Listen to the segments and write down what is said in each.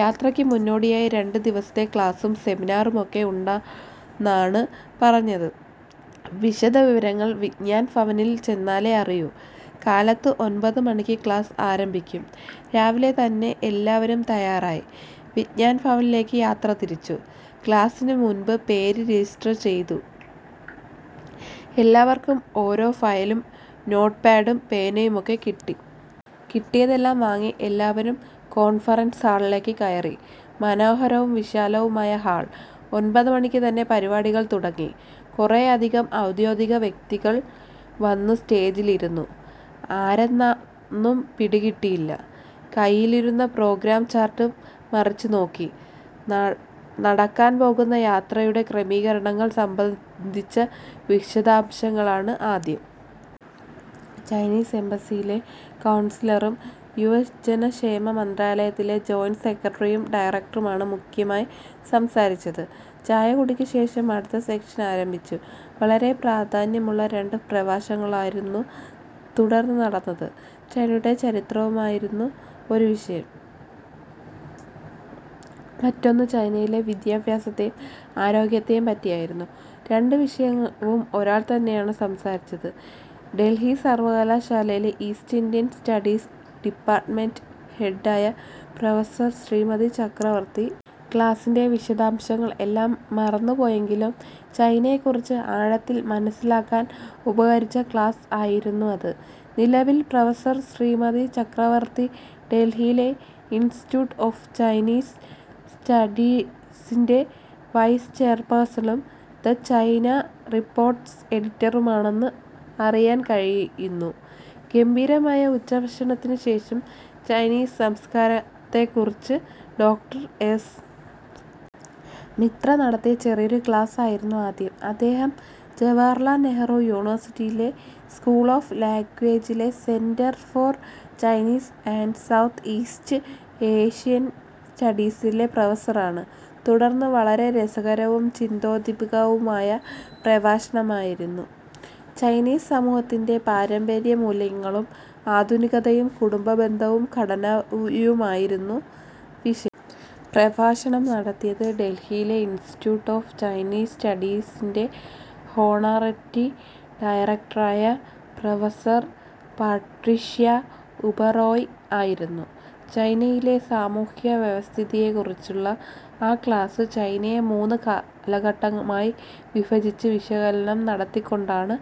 യാത്രയ്ക്ക് മുന്നോടിയായി രണ്ടു ദിവസത്തെ ക്ലാസും സെമിനാറുമൊക്കെ ഉണ്ടെന്നാണ് പറഞ്ഞത്. വിശദവിവരങ്ങൾ വിജ്ഞാൻ ഭവനിൽ ചെന്നാലേ അറിയൂ. കാലത്ത് ഒൻപതു മണിക്ക് ക്ലാസ് ആരംഭിക്കും. രാവിലെ തന്നെ എല്ലാവരും തയ്യാറായി വിജ്ഞാൻ ഭവനിലേക്ക് യാത്രതിരിച്ചു. ക്ലാസിന് മുൻപ് പേര് രജിസ്റ്റർ ചെയ്തു. എല്ലാവർക്കും ഓരോ ഫയലും നോട്ട്പാഡും പേനയുമൊക്കെ കിട്ടി. കിട്ടിയതെല്ലാം വാങ്ങി എല്ലാവരും കോൺഫറൻസ് ഹാളിലേക്ക് കയറി. മനോഹരവും വിശാലവുമായ ഹാൾ. ഒൻപതുമണിക്ക് തന്നെ പരിപാടികൾ തുടങ്ങി. കുറെയധികം ഔദ്യോഗിക വ്യക്തികൾ വന്നു സ്റ്റേജിൽ ഇരുന്നു. ആരന്നൊന്നും പിടികിട്ടിയില്ല. കൈയിലിരുന്ന പ്രോഗ്രാം ചാർട്ട് മറിച്ച് നോക്കി. ന നടക്കാൻ പോകുന്ന യാത്രയുടെ ക്രമീകരണങ്ങൾ സംബന്ധിച്ച വിശദാംശങ്ങളാണ് ആദ്യം. ചൈനീസ് എംബസിയിലെ കൗൺസിലറും യുവജനക്ഷേമ മന്ത്രാലയത്തിലെ ജോയിൻ്റ് സെക്രട്ടറിയും ഡയറക്ടറുമാണ് മുഖ്യമായും സംസാരിച്ചത്. ചായകുടിക്ക് ശേഷം അടുത്ത സെഷൻ ആരംഭിച്ചു. വളരെ പ്രാധാന്യമുള്ള രണ്ടു പ്രഭാഷണങ്ങളായിരുന്നു തുടർന്ന് നടന്നത്. ചൈനയുടെ ചരിത്രമായിരുന്നു ഒരു വിഷയം. മറ്റൊന്ന് ചൈനയിലെ വിദ്യാഭ്യാസത്തെയും ആരോഗ്യത്തെയും പറ്റിയായിരുന്നു. രണ്ടു വിഷയവും ഒരാൾ തന്നെയാണ് സംസാരിച്ചത്; ഡൽഹി സർവ്വകലാശാലയിലെ east Indian studies department head ആയ പ്രൊഫസർ ശ്രീമതി ചക്രവർത്തി. ക്ലാസിൻ്റെ വിശദാംശങ്ങൾ എല്ലാം മറന്നുപോയെങ്കിലും ചൈനയെക്കുറിച്ച് ആഴത്തിൽ മനസ്സിലാക്കാൻ ഉപകരിച്ച ക്ലാസ്സ് ആയിരുന്നു അത്. നിലവിൽ പ്രൊഫസർ ശ്രീമതി ചക്രവർത്തി ഡൽഹിയിലെ ഇൻസ്റ്റിറ്റ്യൂട്ട് ഓഫ് ചൈനീസ് സ്റ്റഡീസിൻ്റെ വൈസ് ചെയർപേഴ്സണും 'ദ ചൈന റിപ്പോർട്ട്' എഡിറ്ററുമാണെന്ന് അറിയാൻ കഴിയുന്നു. ഗംഭീരമായ ഉച്ചഭക്ഷണത്തിന് ശേഷം ചൈനീസ് സംസ്കാരത്തെക്കുറിച്ച് ഡോക്ടർ എസ്. മിത്ര നടത്തിയ ചെറിയൊരു ക്ലാസ് ആയിരുന്നു ആദ്യം. അദ്ദേഹം ജവഹർലാൽ നെഹ്റു യൂണിവേഴ്സിറ്റിയിലെ സ്കൂൾ ഓഫ് ലാംഗ്വേജിലെ centre for Chinese and south east Asian സ്റ്റഡീസിലെ പ്രൊഫസറാണ്. തുടർന്ന് വളരെ രസകരവും ചിന്തോദ്ദീപകവുമായ പ്രഭാഷണമായിരുന്നു. ചൈനീസ് സമൂഹത്തിൻ്റെ പാരമ്പര്യമൂല്യങ്ങളും ആധുനികതയും, കുടുംബബന്ധവും ഘടനയുമായിരുന്നു വിഷയം. പ്രഭാഷണം നടത്തിയത് ഡൽഹിയിലെ ഇൻസ്റ്റിറ്റ്യൂട്ട് ഓഫ് ചൈനീസ് സ്റ്റഡീസിൻ്റെ ഹോണററി ഡയറക്ടറായ പ്രൊഫസർ പട്രീഷ്യ ഉബറോയ് ആയിരുന്നു. ചൈനയിലെ സാമൂഹ്യവ്യവസ്ഥിതിയെക്കുറിച്ചുള്ള ആ ക്ലാസ്, ചൈനയെ മൂന്ന് കാലഘട്ടമായി വിഭജിച്ച് വിശകലനം നടത്തിക്കൊണ്ടാണ്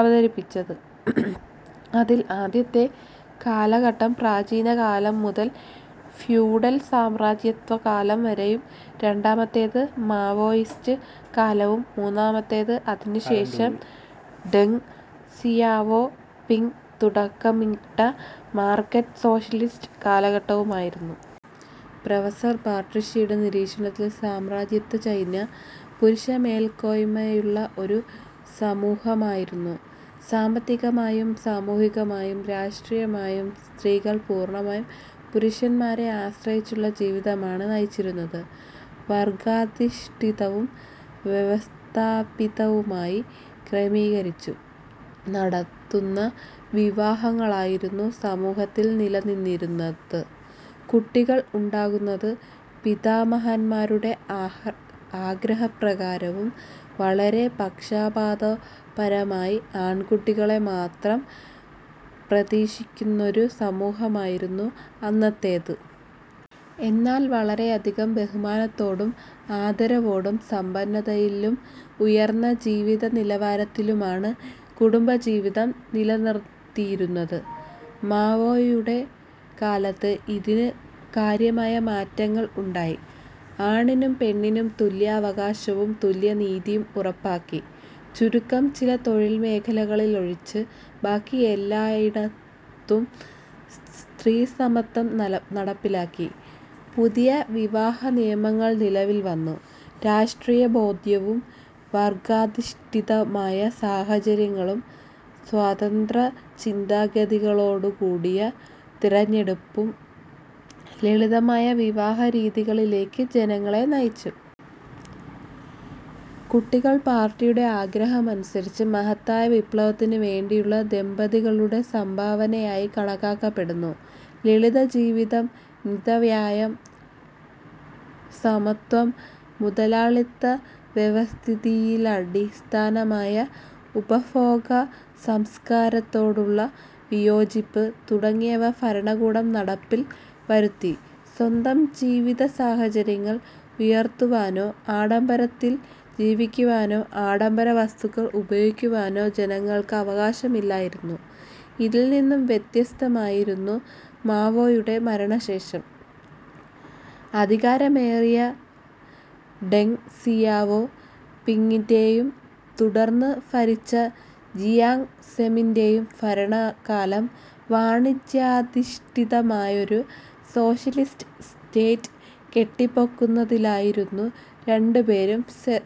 അവതരിപ്പിച്ചത്. അതിൽ ആദ്യത്തെ കാലഘട്ടം പ്രാചീന കാലം മുതൽ ഫ്യൂഡൽ, സാമ്രാജ്യത്വകാലം വരെയും; രണ്ടാമത്തേത് മാവോയിസ്റ്റ് കാലവും; മൂന്നാമത്തേത് അതിനുശേഷം ഡെങ് സിയാവോ പിങ് തുടക്കമിട്ട മാർക്കറ്റ് സോഷ്യലിസ്റ്റ് കാലഘട്ടവുമായിരുന്നു. പ്രൊഫസർ പട്രീഷ്യയുടെ നിരീക്ഷണത്തിൽ സാമ്രാജ്യത്വ ചൈന പുരുഷമേൽക്കോയ്മയുള്ള ഒരു സമൂഹമായിരുന്നു. സാമ്പത്തികമായും സാമൂഹികമായും രാഷ്ട്രീയമായും സ്ത്രീകൾ പൂർണ്ണമായും പുരുഷന്മാരെ ആശ്രയിച്ചുള്ള ജീവിതമാണ് നയിച്ചിരുന്നത്. വർഗ്ഗാധിഷ്ഠിതവും വ്യവസ്ഥാപിതവുമായി ക്രമീകരിച്ചു നടത്തുന്ന വിവാഹങ്ങളായിരുന്നു സമൂഹത്തിൽ നിലനിന്നിരുന്നത്. കുട്ടികൾ ഉണ്ടാകുന്നത് പിതാമഹന്മാരുടെ ആഹ്ര ആഗ്രഹപ്രകാരവും. വളരെ പക്ഷാപാതപരമായി ആൺകുട്ടികളെ മാത്രം പ്രതീക്ഷിക്കുന്നൊരു സമൂഹമായിരുന്നു അന്നത്തേത്. എന്നാൽ വളരെയധികം ബഹുമാനത്തോടും ആദരവോടും സമ്പന്നതയിലും ഉയർന്ന ജീവിതനിലവാരത്തിലുമാണ് കുടുംബജീവിതം നിലനിർത്തിയിരുന്നത്. മാവോയുടെ കാലത്ത് ഇതിന് കാര്യമായ മാറ്റങ്ങൾ ഉണ്ടായി. ആണ്ണിനും പെണ്ണിനും തുല്യാവകാശവും തുല്യനീതിയും ഉറപ്പാക്കി. ചുരുക്കം ചില തൊഴിൽ മേഖലകളിലൊഴിച്ച് ബാക്കിയെല്ലായിടത്തും സ്ത്രീസമത്വം നല നടപ്പിലാക്കി. പുതിയ വിവാഹനിയമങ്ങൾ നിലവിൽ വന്നു. രാഷ്ട്രീയബോധ്യവും വർഗ്ഗാധിഷ്ഠിതമായ സാഹചര്യങ്ങളും സ്വതന്ത്രചിന്താഗതികളോടുകൂടിയ തിരഞ്ഞെടുപ്പും ലളിതമായ വിവാഹരീതികളിലേക്ക് ജനങ്ങളെ നയിച്ചു. കുട്ടികൾ പാർട്ടിയുടെ ആഗ്രഹമനുസരിച്ച് മഹത്തായ വിപ്ലവത്തിന് വേണ്ടിയുള്ള ദമ്പതികളുടെ സംഭാവനയായി കണക്കാക്കപ്പെട്ടു. ലളിതജീവിതം, മിതവ്യയം, സമത്വം, മുതലാളിത്ത വ്യവസ്ഥിതിയിലടിസ്ഥാനമായ ഉപഭോഗസംസ്കാരത്തോടുള്ള വിയോജിപ്പ് തുടങ്ങിയവ ഫരണകൂടം നടപ്പിൽ വരുത്തി. സ്വന്തം ജീവിതസാഹചര്യങ്ങൾ ഉയർത്തുവാനോ ആഡംബരത്തിൽ ജീവിക്കുവാനോ ആഡംബര വസ്തുക്കൾ ഉപയോഗിക്കുവാനോ ജനങ്ങൾക്ക് അവകാശമില്ലായിരുന്നു. ഇതിൽ നിന്നും വ്യത്യസ്തമായിരുന്നു മാവോയുടെ മരണശേഷം അധികാരമേറിയ ഡെങ് സിയാവോ പിങ്ങിൻ്റെയും തുടർന്ന് ഫരിച്ച ജിയാങ് സെമിൻ്റെയും ഫരണകാലം. വാണിജ്യാധിഷ്ഠിതമായൊരു സോഷ്യലിസ്റ്റ് സ്റ്റേറ്റ് കെട്ടിപ്പൊക്കുന്നതിലായിരുന്നു രണ്ടുപേരും സ്ര ശ്രദ്ധയൂന്നിയിരുന്നത്.